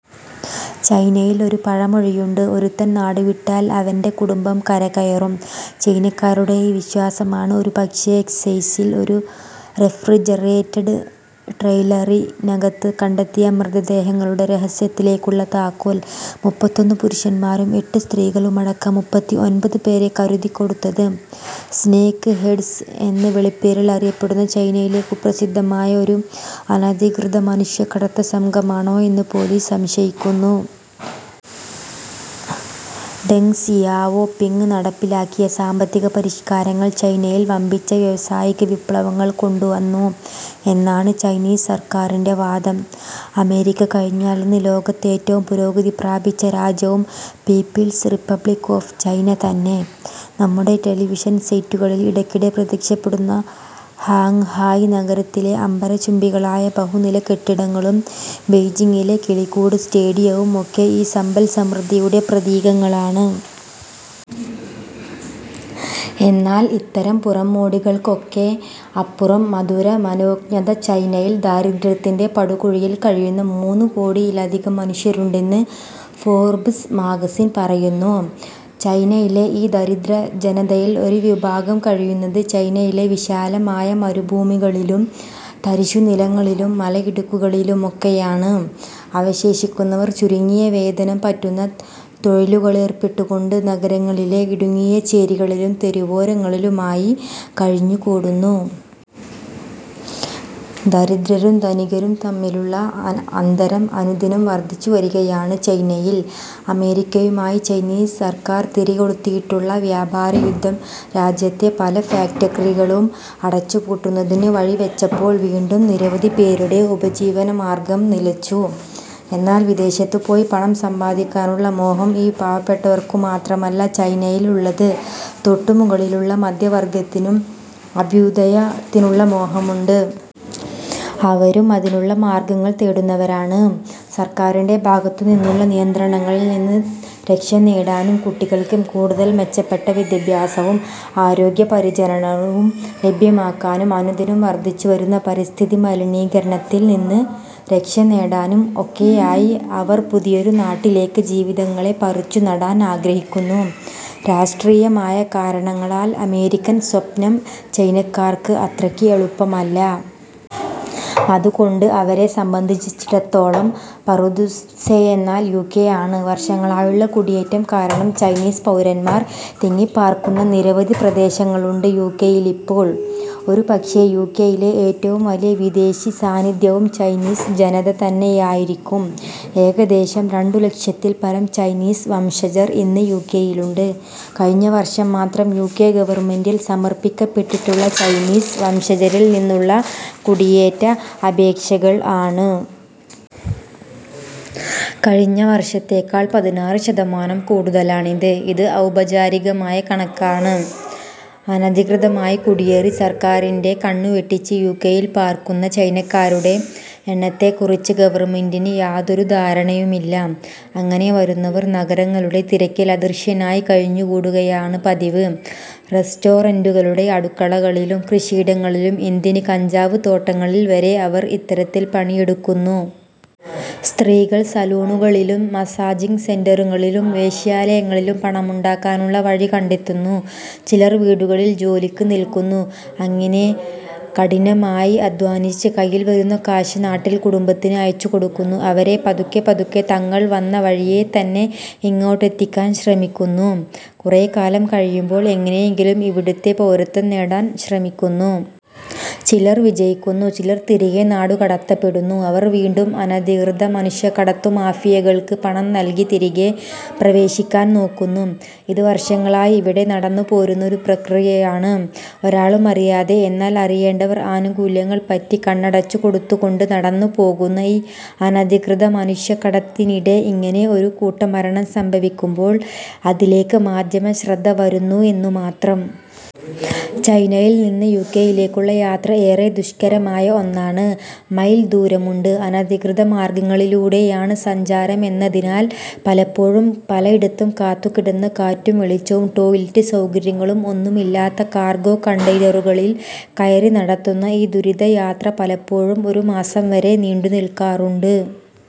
ചൈനയിൽ ഒരു പഴമൊഴിയുണ്ട്, " ഒരുത്തൻ നാടുവിട്ടാൽ, അവന്‍റെ കുടുംബം കരകയറും ". ചൈനക്കാരുടെ ഈ വിശ്വാസമാണ് ഒരുപക്ഷേ, എസ്സെക്സിൽ ഒരു റെഫ്രിജറേറ്റഡ് ട്രെയിലറിനകത്ത് കണ്ടെത്തിയ മൃതദേഹങ്ങളുടെ രഹസ്യത്തിലേക്കുള്ള താക്കോൽ. മുപ്പത്തൊന്നു പുരുഷന്മാരും എട്ട് സ്ത്രീകളുമടക്കം മൂപ്പത്തിഒൻമ്പത് പേരെ കുരുതികൊടുത്തത് ' സ്നേക്ക് ഹെഡ്സ് ' എന്ന വിളിപ്പേരിൽ അറിയപ്പെടുന്ന ചൈനയിലെ കുപ്രസിദ്ധമായ ഒരു അനധികൃത മനുഷ്യക്കടത്ത് സംഘമാണോ എന്ന് പൊലീസ് സംശയിക്കുന്നു. ഡെങ് സിയാവോ പിങ്ങ് നടപ്പിലാക്കിയ സാമ്പത്തിക പരിഷ്കാരങ്ങൾ ചൈനയിൽ വമ്പിച്ച വ്യാവസായികവിപ്ലവങ്ങൾ കൊണ്ടുവന്നു എന്നാണ് ചൈനീസ് സർക്കാരിന്റെ വാദം. അമേരിക്ക കഴിഞ്ഞാൽ ഇന്ന് ലോകത്തേറ്റവും പുരോഗതി പ്രാപിച്ച രാജ്യവും പീപ്പിൾസ് റിപ്പബ്ലിക് ഓഫ് ചൈന തന്നെ. നമ്മുടെ ടെലിവിഷൻ സെറ്റുകളിൽ ഇടയ്ക്കിടെ പ്രത്യക്ഷപ്പെടുന്ന ഹാങ്ഹായി നഗരത്തിലെ അംബരചുംബികളായ ബഹുനിലക്കെട്ടിടങ്ങളും, ബെയ്ജിങ്ങിലെ ' കിളിക്കൂട് ' സ്റ്റേഡിയവും ഒക്കെ ഈ സമ്പൽസമൃദ്ധിയുടെ പ്രതീകങ്ങളാണ്. എന്നാൽ, ഇത്തരം പുറംമോടികൾക്കൊക്കെ അപ്പുറം, മധുരമനോജ്ഞ ചൈനയിൽ ദാരിദ്ര്യത്തിന്‍റെ പടുകുഴിയിൽ കഴിയുന്ന മൂന്നു കോടിയിലധികം മനുഷ്യരുണ്ടെന്ന് ഫോർബ്സ് മാഗസിൻ പറയുന്നു. ചൈനയിലെ ഈ ദരിദ്രജനതയിൽ ഒരു വിഭാഗം കഴിയുന്നത് ചൈനയിലെ വിശാലമായ മരുഭൂമികളിലും, തരിശുനിലങ്ങളിലും, മലയിടുക്കുകളിലുമൊക്കെയാണ്. അവശേഷിക്കുന്നവർ, ചുരുങ്ങിയവേതനം പറ്റുന്ന തൊഴിലുകളേർപ്പെട്ടുകൊണ്ട്, നഗരങ്ങളിലെ ഇടുങ്ങിയ ചേരികളിലും, തെരുവോരങ്ങളിലുമായി കഴിഞ്ഞുകൂടുന്നു. ദരിദ്രരും ധനികരും തമ്മിലുള്ള അ അന്തരം അനുദിനം വർദ്ധിച്ചുവരികയാണ് ചൈനയിൽ. അമേരിക്കയുമായി ചൈനീസ് സർക്കാർ തിരികൊളുത്തിയിട്ടുള്ള വ്യാപാരയുദ്ധം രാജ്യത്തെ പല ഫാക്ടറികളും അടച്ചു പൂട്ടുന്നതിന് വഴിവെച്ചപ്പോൾ വീണ്ടും നിരവധിപേരുടെ ഉപജീവനമാർഗം നിലച്ചു. എന്നാൽ, വിദേശത്തു പോയി പണം സമ്പാദിക്കാനുള്ള മോഹം ഈ പാവപ്പെട്ടവർക്കുമാത്രമല്ല ചൈനയിൽ ഉള്ളത്. തൊട്ടുമുകളിലുള്ള മധ്യവർഗ്ഗത്തിനും അഭ്യുദയത്തിനുള്ള മോഹമുണ്ട്. അവരും അതിനുള്ള മാർഗ്ഗങ്ങൾ തേടുന്നവരാണ്. സർക്കാരിന്റെ ഭാഗത്തുനിന്നുള്ള നിയന്ത്രണളിൽ നിന്ന് രക്ഷനേടാനും, കുട്ടികൾക്ക് കൂടുതൽ മെച്ചപ്പെട്ട വിദ്യാഭ്യാസവും ആരോഗ്യപരിചരണവും ലഭ്യമാക്കാനും, അനുദിനം വർധിച്ചുവരുന്ന പരിസ്ഥിതിമലിനീകരണത്തിൽ നിന്ന് രക്ഷനേടാനും ഒക്കെയായി അവർ പുതിയൊരു നാട്ടിലേക്ക് ജീവിതങ്ങളെ പറിച്ചുനടാൻ ആഗ്രഹിക്കുന്നു. രാഷ്ട്രീയമായ കാരണങ്ങളാൽ അമേരിക്കൻ സ്വപ്നം ചൈനക്കാർക്ക് അത്രയ്ക്ക് എളുപ്പമല്ല. അതുകൊണ്ട് അവരെ സംബന്ധിച്ചിടത്തോളം പറുദീസയെന്നാൽ യുകെ ആണ്. വർഷങ്ങളായുള്ള കുടിയേറ്റം കാരണം ചൈനീസ് പൗരന്മാർ തിങ്ങിപ്പാർക്കുന്ന നിരവധി പ്രദേശങ്ങളുണ്ട് യുകെയിലിപ്പോൾ. ഒരുപക്ഷേ, യുകെയിലെ ഏറ്റവും വലിയ വിദേശി സാന്നിദ്ധ്യവും ചൈനീസ് ജനത തന്നെയായിരിക്കും. ഏകദേശം രണ്ടുലക്ഷത്തിൽപരം ചൈനീസ് വംശജർ ഇന്ന് യുകെയിലുണ്ട്. കഴിഞ്ഞവർഷം മാത്രം യുകെ ഗവർമെന്റിൽ സമർപ്പിക്കപ്പെട്ടിട്ടുള്ള ചൈനീസ് വംശജരിൽ നിന്നുള്ള കുടിയേറ്റ അപേക്ഷകൾ ആണ്. കഴിഞ്ഞ വർഷത്തെക്കാൾ പതിനാറ് ശതമാനം കൂടുതലാണിത്. ഇത് ഔപചാരികമായ കണക്കാണ്. അനധികൃതമായി കുടിയേറി, സർക്കാരിന്റെ കണ്ണുവെട്ടിച്ച് യുകെയിൽ പാർക്കുന്ന ചൈനക്കാരുടെ എണ്ണത്തെക്കുറിച്ച് ഗവർമെന്റിന് യാതൊരു ധാരണയുമില്ല. അങ്ങനെ വരുന്നവർ നഗരങ്ങളുടെ തിരക്കിൽ അദൃശ്യനായി കഴിഞ്ഞുകൂടുകയാണ് പതിവ്. റസ്റ്റോറന്‍റുകളുടെ അടുക്കളകളിലും, കൃഷിയിടങ്ങളിലും, എന്തിന് കഞ്ചാവ് തോട്ടങ്ങളിൽ വരെ അവർ ഇത്തരത്തിൽ പണിയെടുക്കുന്നു. സ്ത്രീകൾ സലൂണുകളിലും, മസാജിങ് സെന്‍ററുകളിലും, വേശ്യാലയങ്ങളിലും പണമുണ്ടാക്കാനുള്ള വഴികണ്ടെത്തുന്നു. ചിലർ വീടുകളിൽ ജോലിക്ക് നില്കുന്നു. അങ്ങനെ കഠിനമായി അദ്ധ്വാനിച്ച് കയ്യിൽ വരുന്ന കാശ് നാട്ടിൽ കുടുംബത്തിന് അയച്ചുകൊടുക്കുന്നു. അവരെ പതുക്കെപ്പതുക്കെ തങ്ങൾ വന്ന വഴിയേ തന്നെ ഇങ്ങോട്ടെത്തിക്കാൻ ശ്രമിക്കുന്നു. കുറേക്കാലം കഴിയുമ്പോൾ എങ്ങനെയെങ്കിലും ഇവിടത്തെ പൗരത്വം നേടാൻ ശ്രമിക്കുന്നു. ചിലർ വിജയിക്കുന്നു, ചിലർ തിരികെ നാടുകടത്തപ്പെടുന്നു, അവർ വീണ്ടും അനധികൃത മനുഷ്യക്കടത്തുമാഫിയകൾക്ക് പണം നൽകി തിരികെ പ്രവേശിക്കാൻ നോക്കുന്നു. ഇത് വർഷങ്ങളായി ഇവിടെ നടന്നുപോരുന്ന ഒരു പ്രക്രിയയാണ്. ഒരാളുമറിയാതെ, എന്നാൽ, അറിയേണ്ടവർ ആനുകൂല്യങ്ങൾ പറ്റി, കണ്ണടച്ചുകൊടുത്തുകൊണ്ട്, നടന്നുപോകുന്ന ഈ അനധികൃത മനുഷ്യക്കടത്തിനിടെ ഇങ്ങനെ ഒരു കൂട്ടമരണം സംഭവിക്കുമ്പോൾ അതിലേക്ക് മാധ്യമശ്രദ്ധ വരുന്നു എന്നുമാത്രം. ചൈനയിൽ നിന്ന് യുകെയിലേക്കുള്ള യാത്ര ഏറെ ദുഷ്കരമായ ഒന്നാണ്. മൈൽ ദൂരമുണ്ട്. അനധികൃതമാർഗ്ഗങ്ങളിലൂടെയാണ് സഞ്ചാരമെന്നതിനാൽ പലപ്പോഴും പലയിടത്തും കാത്തുകിടന്ന്, കാറ്റും വെളിച്ചവും, ടോയ്ലെറ്റ് സൗകര്യങ്ങളും ഒന്നുമില്ലാത്ത കാർഗോ കണ്ടെയ്നറുകളിൽ കയറി നടത്തുന്ന ഈ ദുരിതയാത്ര പലപ്പോഴും ഒരുമാസം വരെ നീണ്ടുനിൽക്കാറുണ്ട്.